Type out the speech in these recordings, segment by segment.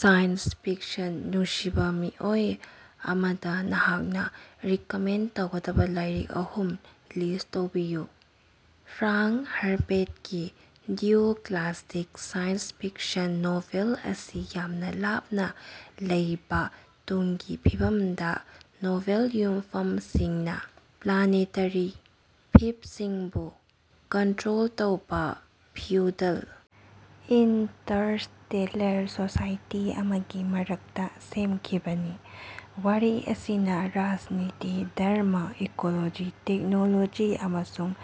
Science fiction ꯅꯨꯡꯁꯤꯕꯥ ꯃꯤꯑꯣꯏ ꯑꯃꯗ ꯅꯍꯥꯛꯅ ꯔꯤꯀꯃꯦꯟꯗ ꯇꯧꯒꯗꯕ ꯂꯥꯏꯔꯤꯛ ꯑꯍꯨꯝ ꯂꯤꯁ꯭ꯠ ꯇꯧꯕꯤꯌꯨ꯫ ꯐ꯭ꯔꯥꯉ꯭ꯛ ꯍꯔꯕꯦꯠꯀꯤ "Dune" classic science fiction novel ꯑꯁꯤ ꯌꯥꯝꯅ ꯂꯥꯞꯅ ꯂꯩꯕꯥ ꯇꯨꯡꯒꯤ ꯐꯤꯕꯝꯗ ꯅꯣꯕꯦꯜ ꯌꯨꯝꯐꯝ ꯁꯤꯡꯅ ꯄ꯭ꯂꯥꯅꯦꯇꯔꯤ ꯐꯤꯐꯁꯤꯡꯕꯨ ꯀꯟꯇ꯭ꯔꯣꯜ ꯇꯧꯕꯥ ꯐ꯭ꯌꯨꯗꯜ ꯏꯟꯇꯔꯁꯇꯦꯜꯂꯔ ꯁꯣꯁꯥꯏꯇꯤ ꯑꯃꯒꯤ ꯃꯔꯛꯇ ꯁꯦꯝꯈꯤꯕꯅꯤ꯫ ꯋꯥꯔꯤ ꯑꯁꯤꯅꯥ ꯔꯥꯖꯅꯤꯇꯤ, ꯙꯔꯃ, ꯏꯀꯣꯂꯣꯖꯤ, ꯇꯦꯛꯅꯣꯂꯣꯖꯤ ꯑꯃꯁꯨꯡ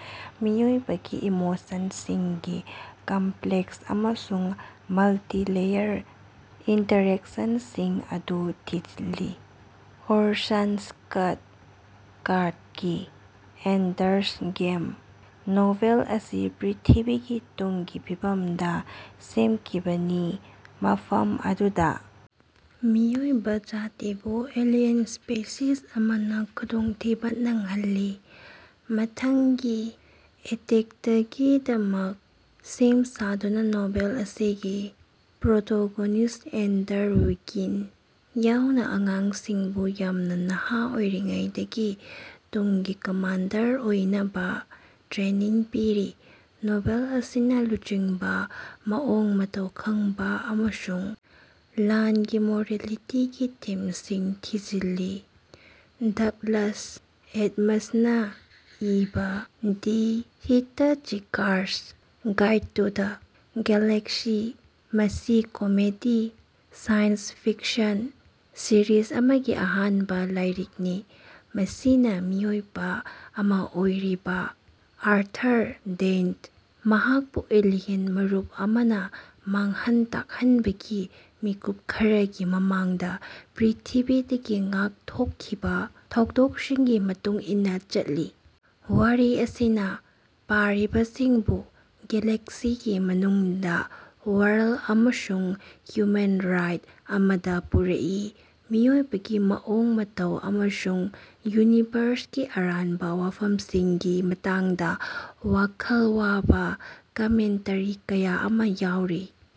ꯃꯤꯑꯣꯏꯕꯒꯤ ꯏꯃꯣꯁꯟꯁꯤꯡꯒꯤ ꯀꯝꯄ꯭ꯂꯦꯛꯁ ꯑꯃꯁꯨꯡ ꯃꯜꯇꯤ-ꯂꯦꯌꯔ ꯏꯟꯇꯔꯦꯛꯁꯟꯁꯤꯡ ꯑꯗꯨ ꯊꯤꯖꯤꯜꯂꯤ꯫ ꯑꯣꯔꯁꯟ ꯁ꯭ꯀꯠ ꯀꯥꯔꯗꯀꯤ "ꯑꯦꯟꯗꯔꯁ ꯒꯦꯝ" ꯅꯣꯚꯦꯜ ꯑꯁꯤ ꯄ꯭ꯔꯤꯊꯤꯕꯤꯒꯤ ꯇꯨꯡꯒꯤ ꯐꯤꯕꯝꯗ ꯁꯦꯝꯈꯤꯕꯅꯤ ꯃꯐꯝ ꯑꯗꯨꯗ ꯃꯤꯑꯣꯏꯕ ꯖꯥꯇꯤꯕꯨ ꯑꯦꯂꯤꯌꯟ ꯁ꯭ꯄꯤꯁꯤꯁ ꯑꯃꯅ ꯈꯨꯗꯣꯡꯊꯤꯕ ꯅꯪꯍꯜꯂꯤ꯫ ꯃꯊꯪꯒꯤ ꯑꯦꯇꯦꯛꯇꯀꯤꯗꯃꯛ ꯁꯦꯝ ꯁꯥꯗꯨꯅ ꯅꯣꯚꯦꯜ ꯑꯁꯤꯒꯤ ꯄ꯭ꯔꯣꯇꯣꯒꯣꯅꯤꯁ꯭ꯠ ꯑꯦꯟꯗꯔ ꯋꯤꯒꯤꯟ ꯌꯥꯎꯅ ꯑꯉꯥꯡꯁꯤꯡꯕꯨ ꯌꯥꯝꯅ ꯅꯍꯥ ꯑꯣꯏꯔꯤꯉꯩꯗꯒꯤ ꯇꯨꯡꯒꯤ ꯀꯃꯥꯟꯗꯔ ꯑꯣꯏꯅꯕ ꯇ꯭ꯔꯦꯅꯤꯡ ꯄꯤꯔꯤ꯫ ꯅꯣꯚꯦꯜ ꯑꯁꯤꯅꯥ ꯂꯨꯆꯤꯡꯕ, ꯃꯑꯣꯡ ꯃꯇꯧ ꯈꯪꯕ ꯑꯃꯁꯨꯡ ꯂꯥꯟꯒꯤ ꯃꯣꯔꯦꯂꯤꯇꯤꯒꯤ ꯊꯤꯝꯁꯤꯡ ꯊꯤꯖꯤꯜꯂꯤ꯫ ꯗꯒꯂꯁ ꯑꯦꯗꯃꯁꯅ ꯏꯕꯥ "The Hitchhiker's Guide to the Galaxy" ꯃꯁꯤ ꯀꯣꯃꯦꯗꯤ ꯁꯥꯏꯟꯁ ꯐꯤꯛꯁꯟ ꯁꯤꯔꯤꯖ ꯑꯃꯒꯤ ꯑꯍꯥꯟꯕ ꯂꯥꯏꯔꯤꯛꯅꯤ ꯃꯁꯤꯅ ꯃꯤꯑꯣꯏꯕ ꯑꯃ ꯑꯣꯏꯔꯤꯕ ꯑꯥꯔꯊꯔ ꯗꯦꯟꯇ ꯃꯍꯥꯛꯄꯨ ꯑꯦꯂꯤꯌꯟ ꯃꯔꯨꯞ ꯑꯃꯅ ꯃꯥꯡꯍꯟ ꯇꯥꯛꯍꯟꯕꯒꯤ ꯃꯤꯀꯨꯞ ꯈꯔꯒꯤ ꯃꯃꯥꯡꯗ ꯄ꯭ꯔꯤꯊꯤꯕꯤꯗꯒꯤ ꯉꯥꯛꯊꯣꯛꯈꯤꯕ ꯊꯧꯗꯣꯛꯁꯤꯡꯒꯤ ꯃꯇꯨꯡ ꯏꯟꯅ ꯆꯠꯂꯤ꯫. ꯋꯥꯔꯤ ꯑꯁꯤꯅ ꯄꯥꯔꯤꯕꯁꯤꯡꯕꯨ ꯒꯦꯂꯦꯛꯁꯤꯒꯤ ꯃꯅꯨꯡꯗ ꯋꯥꯏꯜꯗ ꯑꯃꯁꯨꯡ ꯍ꯭ꯌꯨꯃꯦꯟ ꯔꯥꯏꯗ ꯑꯃꯗ ꯄꯨꯔꯛꯏ ꯃꯤꯑꯣꯏꯕꯒꯤ ꯃꯑꯣꯡ ꯃꯇꯧ ꯑꯃꯁꯨꯡ ꯌꯨꯅꯤꯚꯔ꯭ꯁꯀꯤ ꯑꯔꯥꯟꯕ ꯋꯥꯐꯝꯁꯤꯡꯒꯤ ꯃꯇꯥꯡꯗ ꯋꯥꯈꯜ ꯋꯥꯕ ꯀꯃꯦꯟꯇꯔꯤ ꯀꯌꯥ ꯑꯃ ꯌꯥꯎꯔꯤ꯫